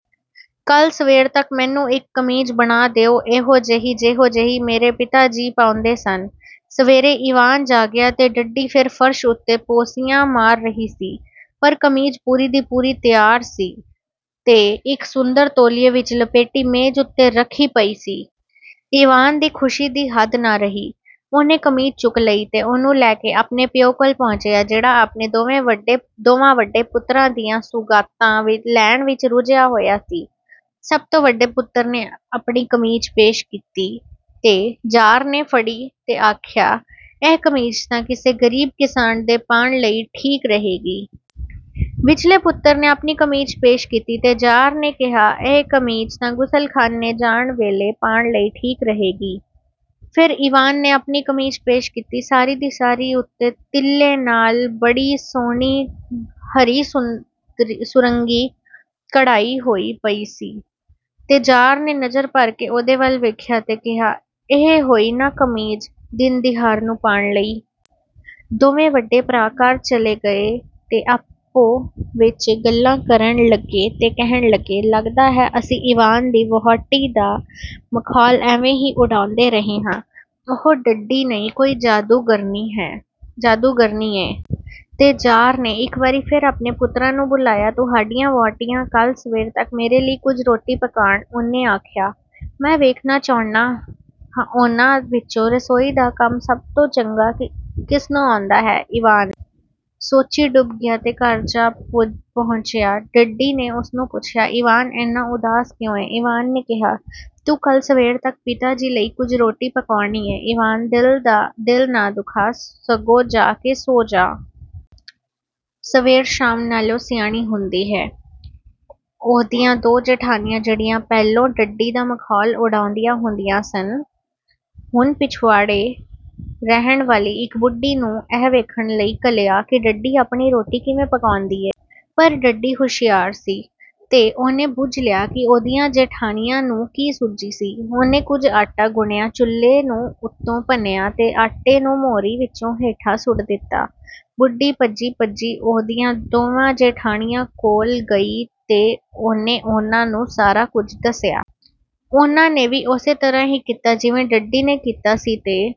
ਕਲ੍ਹ ਸਵੇਰ ਤਕ ਮੈਨੂੰ ਇਕ ਕਮੀਜ਼ ਬਣਾ ਦਿਓ, ਓਹੋ ਜਿਹੀ ਜਿਹੋ ਜਿਹੀ ਮੇਰੇ ਪਿਤਾ ਜੀ ਪਾਂਦੇ ਹੁੰਦੇ ਸਨ। " ਸਵੇਰੇ ਈਵਾਨ ਜਾਗਿਆ ਤੇ ਡੱਡੀ ਫੇਰ ਫ਼ਰਸ਼ ਉਤੇ ਪੋਸੀਆਂ ਮਾਰ ਰਹੀ ਸੀ, ਪਰ ਕਮੀਜ਼ ਪੂਰੀ ਦੀ ਪੂਰੀ ਤਿਆਰ ਸੀ ਤੇ ਇਕ ਸੁੰਦਰ ਤੌਲੀਏ ਵਿਚ ਲਪੇਟੀ ਮੇਜ਼ ਉਤੇ ਰਖੀ ਪਈ ਸੀ। ਈਵਾਨ ਦੀ ਖੁਸ਼ੀ ਦੀ ਹੱਦ ਨਾ ਰਹੀ। ਉਹਨੇ ਕਮੀਜ਼ ਚੁਕ ਲਈ ਤੇ ਉਹਨੂੰ ਲੈ ਕੇ ਆਪਣੇ ਪਿਓ ਕੋਲ ਪਹੁੰਚਿਆ ਜਿਹੜਾ ਆਪਣੇ ਦੋਵਾਂ ਵਡੇ ਪੁੱਤਰਾਂ ਦੀਆਂ ਸੁਗਾਤਾਂ ਲੈਣ ਵਿਚ ਰੁੱਝਾ ਹੋਇਆ ਸੀ। ਸਭ ਤੋਂ ਵਡੇ ਪੁੱਤਰ ਨੇ ਆਪਣੀ ਕਮੀਜ਼ ਪੇਸ਼ ਕੀਤੀ, ਤੇ ਜ਼ਾਰ ਨੇ ਫੜੀ ਤੇ ਆਖਿਆ, "ਇਹ ਕਮੀਜ਼ ਤਾਂ ਕਿਸੇ ਗਰੀਬ ਕਿਸਾਨ ਦੇ ਪਾਣ ਲਈ ਠੀਕ ਰਹੇਗੀ।" ਵਿਚਲੇ ਪੁੱਤਰ ਨੇ ਆਪਣੀ ਕਮੀਜ਼ ਪੇਸ਼ ਕੀਤੀ, ਤੇ ਜ਼ਾਰ ਨੇ ਕਿਹਾ, "ਇਹ ਕਮੀਜ਼ ਤਾਂ ਗ਼ੁਸਲਖਾਨੇ ਜਾਣ ਵੇਲੇ ਪਾਣ ਲਈ ਠੀਕ ਰਹੇਗੀ।" ਫੇਰ ਈਵਾਨ ਨੇ ਆਪਣੀ ਕਮੀਜ਼ ਪੇਸ਼ ਕੀਤੀ। ਸਾਰੀ ਦੀ ਸਾਰੀ ਉਤੇ ਤਿੱਲੇ ਨਾਲ ਬੜੀ ਸੁਹਣੀ, ਹਰੀ-ਸੁਰੰਗੀ ਕਢਾਈ ਹੋਈ ਪਈ ਸੀ, ਤੇ ਜ਼ਾਰ ਨੇ ਨਜ਼ਰ ਭਰਕੇ ਉਹਦੇ ਵਲ ਵੇਖਿਆ ਤੇ ਕਿਹਾ, "ਇਹ ਹੋਈ ਨਾ ਕਮੀਜ਼ ਦਿਨ-ਦਿਹਾਰ ਨੂੰ ਪਾਣ ਲਈ।" ਦੋਵੇਂ ਵਡੇ ਭਰਾ ਘਰ ਚਲੇ ਗਏ ਤੇ ਆਪੋ ਵਿੱਚ ਗੱਲਾਂ ਕਰਨ ਲਗੇ ਤੇ ਕਹਿਣ ਲਗੇ, ਲੱਗਦਾ ਹੈ, ਅਸੀਂ ਈਵਾਨ ਦੀ ਵਹੁਟੀ ਦਾ ਮਖੌਲ ਐਵੇਂ ਹੀ ਉਡਾਂਦੇ ਰਹੇ ਹਾਂ। ਉਹ ਡੱਡੀ ਨਹੀਂ, ਕੋਈ ਜਾਦੂਗਰਨੀ ਏ। ਤੇ ਜ਼ਾਰ ਨੇ ਇੱਕ ਵਾਰੀ ਫੇਰ ਆਪਣੇ ਪੁੱਤਰਾਂ ਨੂੰ ਬੁਲਾਇਆ। "ਤੁਹਾਡੀਆਂ ਵਹੁਟੀਆਂ ਕਲ੍ਹ ਸਵੇਰ ਤਕ ਮੇਰੇ ਲਈ ਕੁਝ ਰੋਟੀ ਪਕਾਣ," ਉਹਨੇ ਆਖਿਆ। "ਮੈਂ ਵੇਖਣਾ ਚਾਹੁੰਨਾਂ, ਉਹਨਾਂ ਵਿੱਚੋਂ ਰਸੋਈ ਦਾ ਕੰਮ ਸਭ ਤੋਂ ਚੰਗਾ ਕਿਸਨੂੰ ਆਉਂਦਾ ਹੈ।"ਈਵਾਨ ਸੋਚੀਂ ਡੁੱਬ ਗਿਆ ਤੇ ਘਰ ਜਾ ਪਹੁੰਚਿਆ। ਡੱਡੀ ਨੇ ਉਹਨੂੰ ਪੁੱਛਿਆ, "ਈਵਾਨ, ਏਨਾ ਉਦਾਸ ਕਿਉਂ ਏਂ?" ਈਵਾਨ ਨੇ ਕਿਹਾ, "ਤੂੰ ਕੱਲ੍ਹ ਸਵੇਰ ਤੱਕ ਪਿਤਾ ਜੀ ਲਈ ਕੁਝ ਰੋਟੀ ਪਕਾਉਣੀ ਏਂ।""ਈਵਾਨ, ਦਿਲ ਨਾ ਦੁਖਾ, ਸਗੋਂ ਜਾ ਕੇ ਸੌਂ ਜਾ। ਸਵੇਰ ਸ਼ਾਮ ਨਾਲੋਂ ਸਿਆਣੀ ਹੁੰਦੀ ਏ।" ਉਹਦੀਆਂ ਦੋ ਜੇਠਾਣੀਆਂ, ਜਿਹੜੀਆਂ ਪਹਿਲੋਂ ਡੱਡੀ ਦਾ ਮਖੌਲ ਉਡਾਉਂਦੀਆਂ ਹੁੰਦੀਆਂ ਸਨ, ਹੁਣ ਪਿਛਵਾੜੇ ਰਹਿਣ ਵਾਲੀ ਇੱਕ ਬੁੱਢੀ ਨੂੰ ਇਹ ਵੇਖਣ ਲਈ ਘੱਲਿਆ ਕਿ ਡੱਡੀ ਆਪਣੀ ਰੋਟੀ ਕਿਵੇਂ ਪਕਾਉਂਦੀ ਏ? ਪਰ ਡੱਡੀ ਹੁਸ਼ਿਆਰ ਸੀ ਤੇ ਉਹਨੇ ਬੁੱਝ ਲਿਆ ਕਿ ਉਹਦੀਆਂ ਜੇਠਾਣੀਆਂ ਨੂੰ ਕੀ ਸੁੱਝੀ ਸੀ। ਉਹਨੇ ਕੁਝ ਆਟਾ ਗੁੰਨਿਆ, ਚੁੱਲ੍ਹੇ ਨੂੰ ਉੱਤੋਂ ਭੰਨਿਆ ਤੇ ਆਟੇ ਨੂੰ ਮੋਰੀ ਵਿੱਚੋਂ ਹੇਠਾਂ ਸੁੱਟ ਦਿੱਤਾ। ਬੁੱਢੀ ਭੱਜੀ-ਭੱਜੀ ਉਹਦੀਆਂ ਦੋਵਾਂ ਜੇਠਾਣੀਆਂ ਕੋਲ ਗਈ ਤੇ ਉਹਨੇ ਉਹਨਾਂ ਨੂੰ ਸਾਰਾ ਕੁਝ ਦੱਸਿਆ। ਉਹਨਾਂ ਨੇ ਵੀ ਓਸੇ ਤਰ੍ਹਾਂ ਹੀ ਕੀਤਾ, ਜਿਵੇਂ ਡੱਡੀ ਨੇ ਕੀਤਾ ਸੀ। ਤੇ